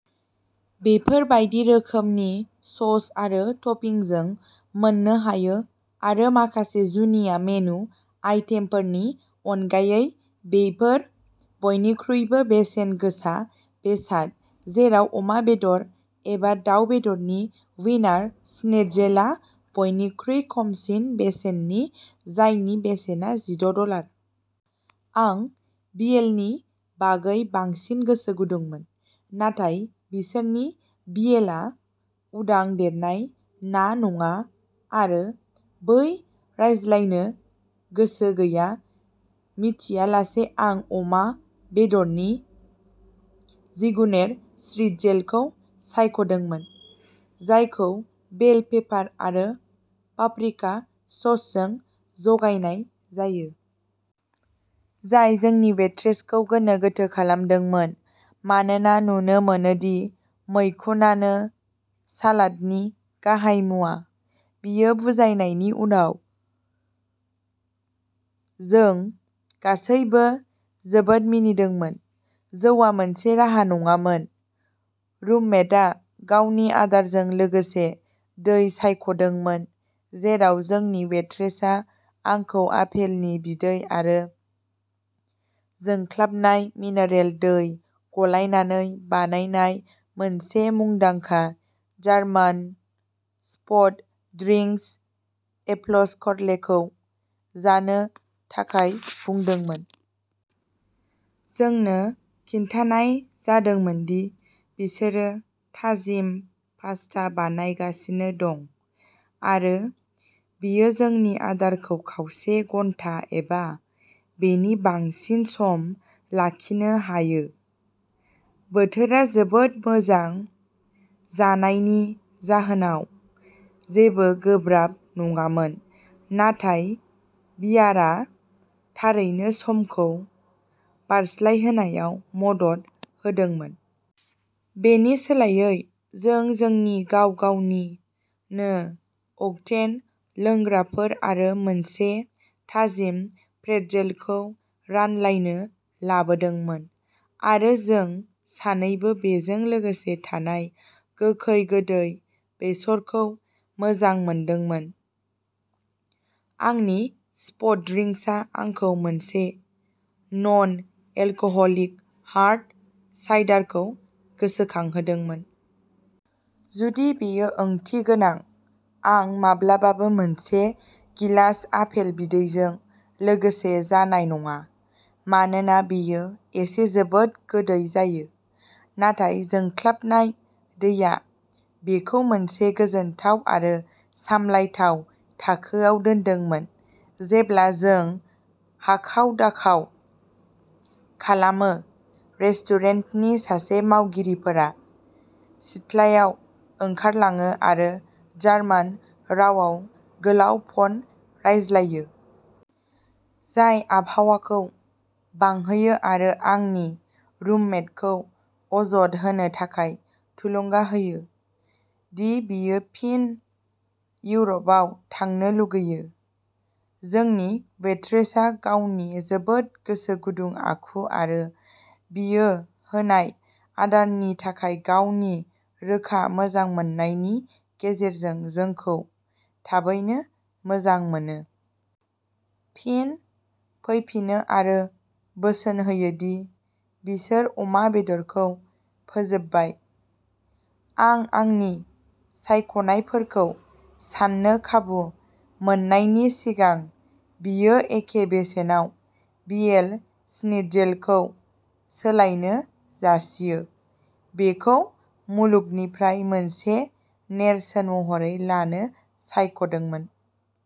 बेफोर बायदि रोखोमनि सस आरो टपिंजों मोननो हायो। आरो माखासे जुनिया मेनु आइटेमफोरनि अनगायै बेफोर बयनिख्रुइबो बेसेनगोसा बेसाद जेराव अमा बेदर एबा दाव बेदरनि वीनार स्निटजेलआ बयनिख्रुइ खमसिन बेसेननि जायनि बेसेना जिद’ डलार। आं भियेलनि बागै बांसिन गोसो गुदुंमोन। नाथाय बिसोरनि भियेलआ उदां देरनाय ना नङा आरो बै रायज्लायनो गोसो गैया मिथियालासे आं अमा बेदरनि जिगुनेर श्निटजेलखौ सायख'दोंमोन। जायखौ बेल पेपार आरो पाप्रिका ससजों जगायनाय जायो। जाय जोंनि वेट्रेसखौ गोनो गोथो खालामदोंमोन मानोना नुनो मोनो दि मैखुनानो सालादनि गाहाय मुवा। बियो बुजायनायनि उनाव जों गासैबो जोबोद मिनिदोंमोन। जौआ मोनसे राहा नङामोन। रुममेटआ गावनि आदारजों लोगोसे दै सायख'दोंमोन जेराव जोंनि वेट्रेसआ आंखौ आपेलनि बिदै आरो जोंख्लाबनाय मिनारेल दै गलायनानै बानायनाय मोनसे मुंदांखा जार्मान सफ्ट ड्रिंक्स एपफेल्सकरलेखौ जानो थाखाय बुंदोंमोन। जोंनो खिन्थानाय जादोंमोन दि बिसोरो थाजिम पास्ता बानायगासिनो दं आरो बेयो जोंनि आदारखौ खावसे घन्टा एबा बेनि बांसिन सम लाखिनो हायो। बोथोरा जोबोद मोजां जानायनि जाहोनाव जेबो गोब्राब नङामोन। नाथाय बियारा थारैनो समखौ बारस्लायहोनायाव मदद होदोंमोन। बेनि सोलायै जों जोंनि गाव-गावनि नो अक्टेन लोंग्राफोर आरो मोनसे थाजिम प्रेट्जेलखौ रानलायनो लाबोदोंमोन। आरो जों सानैबो बेजों लोगोसे थानाय गोखै गोदै बेसरखौ मोजां मोनदोंमोन। आंनि सफ्ट ड्रिंक्सआ आंखौ मोनसे नन एलकहलिक हार्ड साइडारखौ गोसोखांहोदोंमोन। जुदि बेयो ओंथिगोनां। आं माब्लाबाबो मोनसे गिलास आफेल बिदैजों लोगोसे जानाय नङा। मानोना बेयो एसे जोबोद गोदै जायो। नाथाय जोंख्लाबनाय दैया बेखौ मोनसे गोजोनथाव आरो सामलायथाव थाखोआव दोनदोंमोन। जेब्ला जों हाखाव-दाखाव खालामो रेस्टुरेन्टनि सासे मावगिरिफोरा सिथलायाव ओंखारलाङो आरो जार्मान रावाव गोलाव फन रायज्लायो। जाय आबहावाखौ बांहोयो आरो आंनि रुममेटखौ अजद होनो थाखाय थुलुंगा होयो दि बियो फिन इउर'पआव थांनो लुगैयो। जोंनि वेट्रेसआ गावनि जोबोद गोसो गुदुं आखु आरो बियो होनाय आदारनि थाखाय गावनि रोखा मोजांमोननायनि गेजेरजों जोंखौ थाबैनो मोजां मोनो। फिन फैफिनो आरो बोसोन होयो दि बिसोर अमा बेदरखौ फोजोबबाय। आं आंनि सायख'नायफोरखौ सान्नो खाबु मोननायनि सिगां बियो एखे बेसेनाव भियेल स्निट्जेलखौ सोलायनो जासियो। बेखौ मुलुगनिफ्राय मोनसे नेरसोन महरै लानो सायख'दोंमोन।